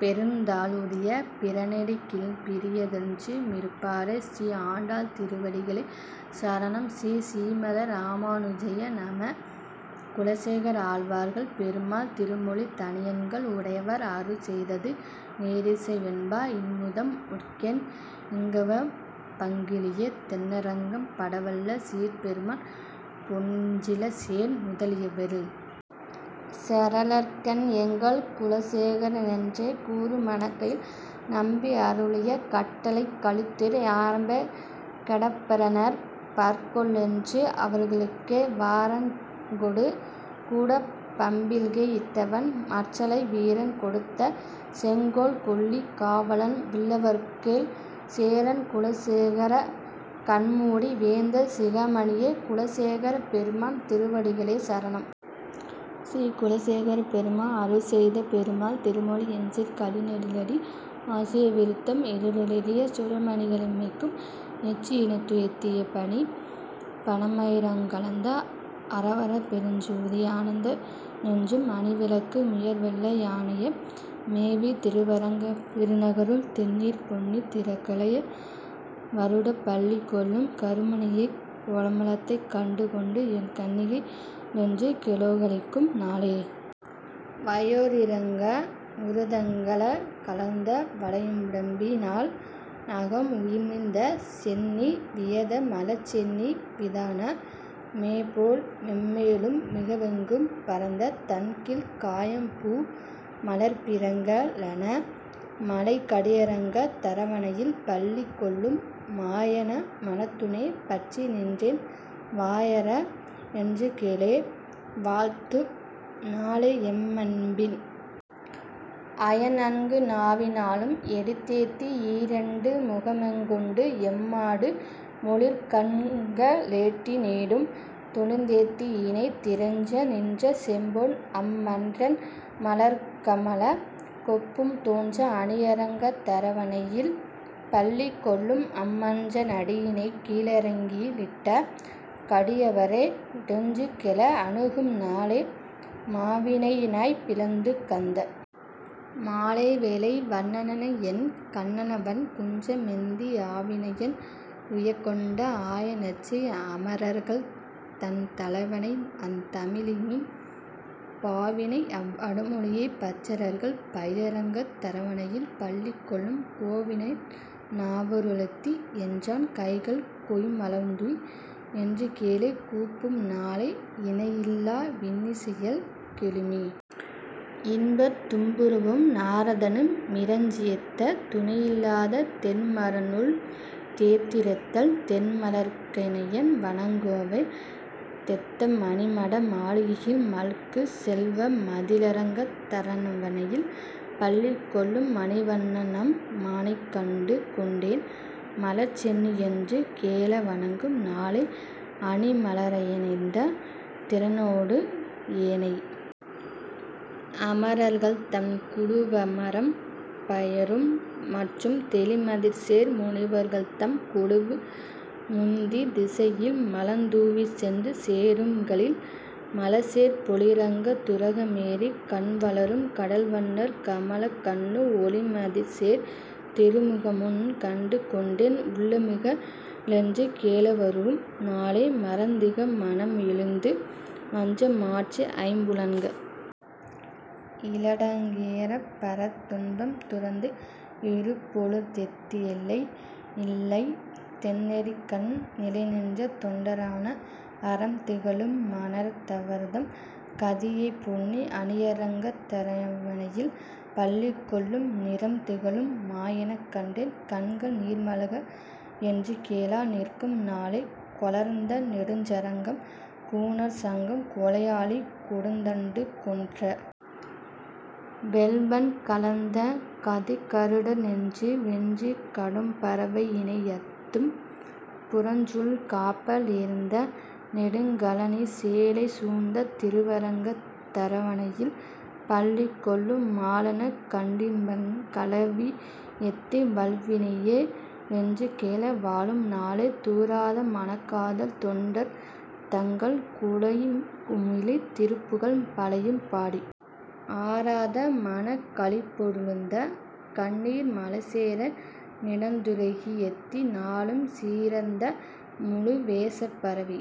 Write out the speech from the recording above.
பெருந்தா ளுடைய பிரானடிக்கீழ்ப் பிரியா தென்று மிருப்பாரே. ஸ்ரீ ஆண்டாள் திருவடிகளே சரணம் ஸ்ரீ: ஸ்ரீமதே ராமாநுஜாய நம: குலசேகராழ்வார் பெருமாள் திருமொழி தனியன்கள் உடயவர் அருளிச் செய்தது நேரிசை வெண்பா இன்னமுதம் ஊட்டுகேன் இங்கேவா பைங்கிளியே தென்னரங்கம் பாடவல்ல சீர்ப்பெருமாள் பொன்னஞ் சிலைசேர் நுதலியர்வேள் சேரலர்கோன் எங்கள் குலசே கரனென்றே கூறு மணக்கால் நம்பி அருளியது கட்டளைக் கலித்துறை ஆரம் கெடப்பர னன்பர்கொள் ளாரென்று அவர்களுக்கே வாரங் கொடுகுடப் பாம்பில்கை யிட்டவன் மாற்றலரை வீரங் கெடுத்தசெங் கோல்கொல்லி காவலன் வில்லவர்கோன் சேரன் குலசே கரன்முடி வேந்தர் சிகாமணியே குலசேகரப்பெருமாள் திருவடிகளே சரணம் ஸ்ரீ: குலசேகரப்பெருமாள் அருளிச்செய்த பெருமாள் திருமொழி எண்சீர்க் கழிநெடிலடி ஆசிரிய விருத்தம் இருளிரியச் சுடர்மணிக ளிமைக்கும் நெற்றி இனத்துத்தி யணிபணமா யிரங்க ளார்ந்த அரவரசப் பெருஞ்சோதி யனந்த னென்னும் அணிவிளங்கு முயர்வெள்ளை யணையை மேவி திருவரங்கப் பெருநகருள் தெண்ணீர்ப் பொன்னி திரைக்கையா லடிவருடப் பள்ளி கொள்ளும் கருமணியைக் கோமளத்தைக் கண்டு கொண்டு என் கண்ணிணைக ளென்றுகொலோ களிக்கும் நாளே. வாயோரீ ரைஞ்நுறு துதங்க ளார்ந்த வளையுடம்பி னழல்நாகம் உமிழ்ந்த செந்தீ வீயாத மலர்ச்சென்னி விதான மேபோல் மேன்மேலும் மிகவெங்கும் பரந்த தன்கீழ் காயாம்பூ மலர்ப்பிறங்க லன்ன மாலைக் கடியரங்கத் தரவணையில் பள்ளி கொள்ளும் மாயோனை மணத்தூணே பற்றி நின்றென் வாயார என்றுகொலோ வாழ்த்தும் நாளே எம்மாண்பின் அயன்நான்கு நாவி னாலும் எடுத்தேத்தி ஈரிரண்டு முகமுங் கொண்டு எம்மாடு மெழிற்கண்க ளெட்டி னோடும் தொழுதேத்தி யினிதிறைஞ்ச நின்ற செம்பொன் அம்மான்றன் மலர்க்கமலக் கொப்பூழ் தோன்ற அணியரங்கத் தரவணையில் பள்ளி கொள்ளும் அம்மான்ற னடியிணைக்கீ ழலர்க ளிட்டங் கடியவரோ டென்றுகொலோ அணுகும் நாளே மாவினைவாய் பிளந்துகந்த மாலை வேலை வண்ணணைஎன் கண்ணணைவன் குன்ற மேந்தி ஆவினையன் றுயக்கொண்ட ஆய ரேற்றை அமரர்கள்தந் தலைவனைஅந் தமிழி னின்பப் பாவினைஅவ் வடமொழியைப் பற்றற் றார்கள் பயிலரங்கத் தரவணையில் பள்ளி கொள்ளும் கோவினைநா வுறவழுத்தி என்றன் கைகள் கொய்ம்மலர்தூய் என்றுகொலோ கூப்பும் நாளே இணையில்லா வின்னிசையாழ் கெழுமி யின்பத் தும்புருவும் நாரதனு மிறைஞ்சி யேத்த துணியில்லாத் தொன்மறைநூல் தோத்தி ரத்தால் தொன்மலர்க்க ணயன்வணங்கி யோவா தேத்த மணிமாட மாளிகைகள் மல்கு செல்வ மதிளரங்கத் தரவணையில் பள்ளி கொள்ளும் மணிவண்ண னம்மானைக் கண்டு கொண்டென் மலர்சென்னி யென்றுகொலோ வணங்கும் நாளே அளிமலர்மே லயனரனிந் திரனோடு ஏனை அமரர்கள்தம் குழுவுமரம் பையரும் மற்றும் தெளிமதிசேர் முனிவர்கள்தம் குழுவு முந்தித் திசைதிசையில் மலர்தூவிச் சென்று சேரும் களிமலர்சேர் பொழிலரங்கத் துரக மேறிக் கண்வளரும் கடல்வண்ணர் கமலக் கண்ணும் ஒளிமதிசேர் திருமுகமும் கண்டு கொண்டென் உள்ளமிக என்றுகொலோ வுருகும் நாளே மறந்திகழு மனமொழித்து வஞ்ச மாற்றி ஐம்புலன்க ளடக்கியிடர்ப் பாரத் துன்பம் துறந்து, இருமுப் பொழுதேத்தி யெல்லை யில்லாத் தொன்னெறிக்கண் நிலைநின்ற தொண்டரான அறம்திகழும் மனத்தவர்தம் கதியைப் பொன்னி அணியரங்கத் தரவணையில் பள்ளி கொள்ளும் நிறம்திகழும் மாயோனைக் கண்டென் கண்கள் நீர்மல்க என்றுகொலோ நிற்கும் நாளே கோலார்ந்த நெடுஞ்சார்ங்கம் கூனற் சங்கம் கொலையாழி கொடுந்தண்டு கொற்ற வொள்வாள் காலார்ந்த கதிக்கருட னென்னும் வென்றிக் கடும்பறவை யிவையனைத்தும் புறஞ்சூழ் காப்ப சேலார்ந்த நெடுங்கழனி சோலை சூழ்ந்த திருவரங்க தரவணையில் பள்ளி கொள்ளும் மாலோனைக் கண்டின்பக் கலவி யெய்தி வல்வினையே னென்றுகொலோ வாழும் நாளே தூராத மனக்காதல் தொண்டர் தங்கள் குழாம்குழுமித் திருப்புகழ்கள் பலவும் பாடி ஆராத மனக்களிப்போ டழுத கண்ணீர் மழைசோர நினைந்துருகி யேத்தி நாளும் சீரார்ந்த முழுவோசை பரவை